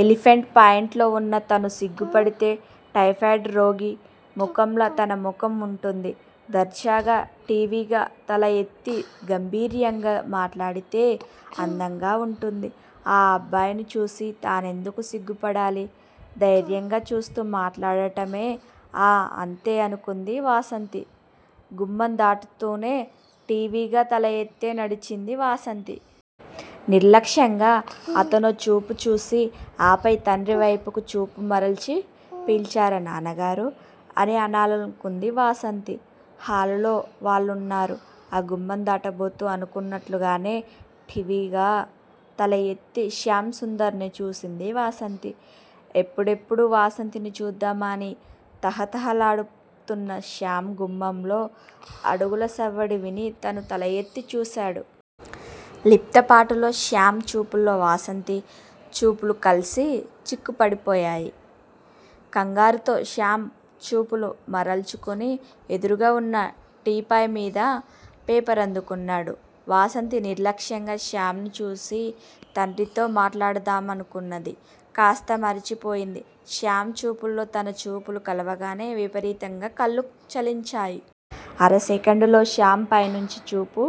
Elephant ప్యాంటులో వున్న తను సిగ్గుపడితే టైఫాయిడ్ రోగి ముఖంలా తన ముఖం వుంటుంది. దర్జాగా ఠీవిగా తలఎత్తి గంభీర్యంగా మాట్లాడితే అందంగా వుంటుంది. ఆ అబ్బాయిని చూసి తానెందుకు సిగ్గుపడాలి! ధైర్యంగా చూస్తూ మాట్లాడటమే. ఆ అంతే అనుకుంది వాసంతి. గుమ్మందాటుతూనే ఠీవిగా తలఎత్తే నడిచింది వాసంతి. నిర్లక్ష్యంగా అతనో చూపు చూసి ఆపై తండ్రివైపుకి చూపు మరల్చి పిల్చారా నాన్నగారూ! అని అనాలల్కుంది వాసంతి. హాలులో వాళ్లున్నారు. ఆ గుమ్మం దాటబోతూ అనుకున్నట్లుగానే ఠీవిగా తలఎత్తి శ్యామ్ సుందర్ ని చూసింది వాసంతి. ఎప్పుడెప్పుడు వాసంతిని చూద్దామా అని తహతహలాడుతున్న శ్యామ్ గుమ్మంలో అడుగుల సవ్వడి విని తనూ తలఎత్తి చూశాడు. లిప్తపాటులో శ్యామ్ చూపుల్లో వాసంతి చూపులు కల్సి చిక్కుపడిపోయాయి. కంగారుతో శ్యామ్ చూపులు మరల్చుకొని ఎదురుగా వున్న టీపాయ్ మీద పేపరందుకున్నాడు. వాసంతి నిర్లక్ష్యంగా శ్యామ్ ని చూసి తండ్రితో మాట్లాడుదామనుకున్నది కాస్తా మర్చిపోయింది. శ్యామ్ చూపుల్లో తన చూపులు కలవగానే విపరీతంగా కళ్ళు చలించాయి. అరసెకండులో శ్యామ్ పైనుంచి చూపు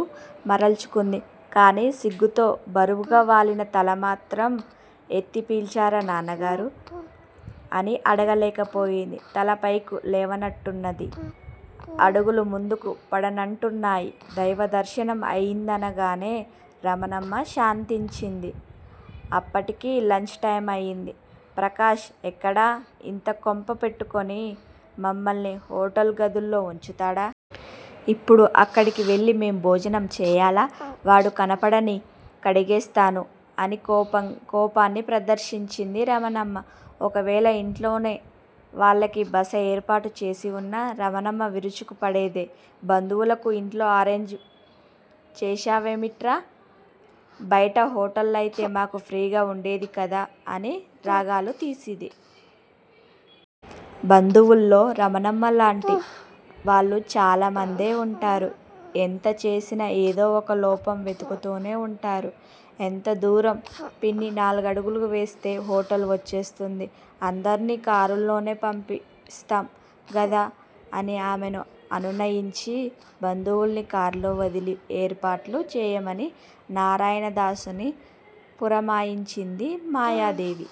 మరల్చుకుంది. కాని సిగ్గుతో బరువుగా వాలిన తల మాత్రం ఎత్తి పిల్చారా నాన్నగారూ! అని అడగలేకపోయింది. తలపైకి లేవనంటున్నది. అడుగులు ముందుకు పడనంటున్నాయి. దైవదర్శనం అయిందనగానే రమణమ్మ శాంతించింది. అప్పటికి లంచ్ టైమ్ అయింది. ప్రకాష్ ఎక్కడ? ఇంత కొంప పెట్టుకొని మమ్మల్ని హోటల్ గదుల్లో వుంచుతాడా? ఇప్పుడు అక్కడికి వెళ్ళి మేం భోజనం చేయాలా? వాడు కనపడనీ కడిగేస్తాను అని కోపాన్ని ప్రదర్శించింది రమణమ్మ. ఒకవేళ ఇంట్లోనే వాళ్ళకి బస ఏర్పాటు చేసివున్నా రమణమ్మ విరుచుకు పడేదే. బంధువులకు ఇంట్లో అరేంజ్ చేశావేమిట్రా. బయట హోటళ్ళయితే మాకు ఫ్రీగా వుండేదికదా అని రాగాలు తీసేది. బంధువుల్లో రమణమ్మలాంటి వాళ్ళు చాలామందే వుంటారు ఎంత చేసినా ఏదో ఒక లోపం వెదుకుతూనే వుంటారు. ఎంత దూరం పిన్నీ- నాలుగడుగులు వేస్తే హోటల్ వచ్చేస్తుంది. అందర్నీ కారుల్లోనే పంపిస్తాం గదా అని ఆమెను అనునయించి బంధువుల్ని కార్లో వదిలి ఏర్పాట్లు చేయమని నారాయణదాసుని పురమాయించింది మాయాదేవి.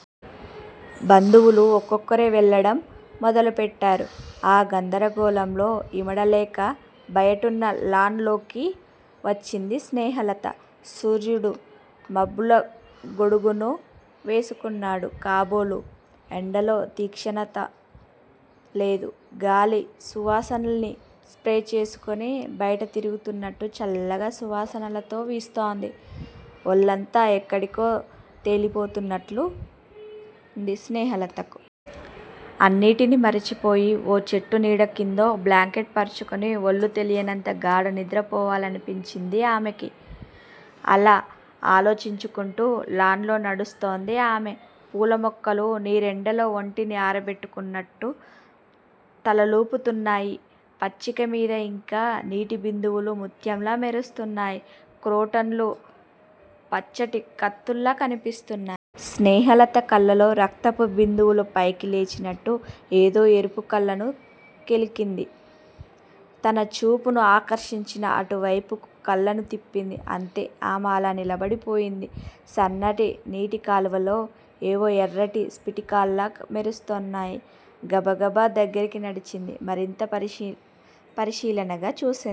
బంధువులు ఒక్కొక్కరే వెళ్ళడం మొదలుపెట్టారు. ఆ గందరగోళంలో ఇమడలేక బయటున్న లాన్ లోకి వచ్చింది స్నేహలత. సూర్యుడు మబ్బుల గొడుగును వేసుకున్నాడు కాబోలు ఎండలో తీక్షణత లేదు. గాలి సువాసనల్ని స్ప్రే చేసుకుని బయట తిరుగుతున్నట్టు చల్లగా సువాసనలతో వీస్తోంది. ఒళ్ళంతా ఎక్కడికో తేలిపోతున్నట్లుంది స్నేహలతకు. అన్నిటినీ మరిచిపోయి ఓ చెట్టు నీడకిందో బ్లాంకెట్ పరుచుకుని ఒళ్ళు తెలియనంత గాఢనిద్ర పోవాలనిపించింది ఆమెకి. అలా ఆలోచించుకుంటూ లాన్ లో నడుస్తోంది ఆమె. పూలమొక్కలు నీరెండలో ఒంటిని ఆరబెట్టుకుంటున్నట్టు తలలూపుతున్నాయి. పచ్చికమీద ఇంకా నీటిబిందువులు ముత్యంలా మెరుస్తున్నాయి. క్రోటన్ లు పచ్చటి కత్తుల్లా కనిపిస్తున్నా. స్నేహలత కళ్ళల్లో రక్తపు బిందువులు పైకి లేచినట్టు ఏదో ఎరుపు కళ్ళను కెలికింది. తన చూపును ఆకర్షించిన అటువైపుక్ కళ్ళను తిప్పింది. అంతే- ఆమె అలా నిలబడిపోయింది. సన్నటి నీటి కాలువలో ఏవో ఎర్రటి స్పిటికాల్లా మెరుస్తున్నాయి. గబాగబా దగ్గరికి నడిచింది. మరింత పరిశీలనగా చూసి.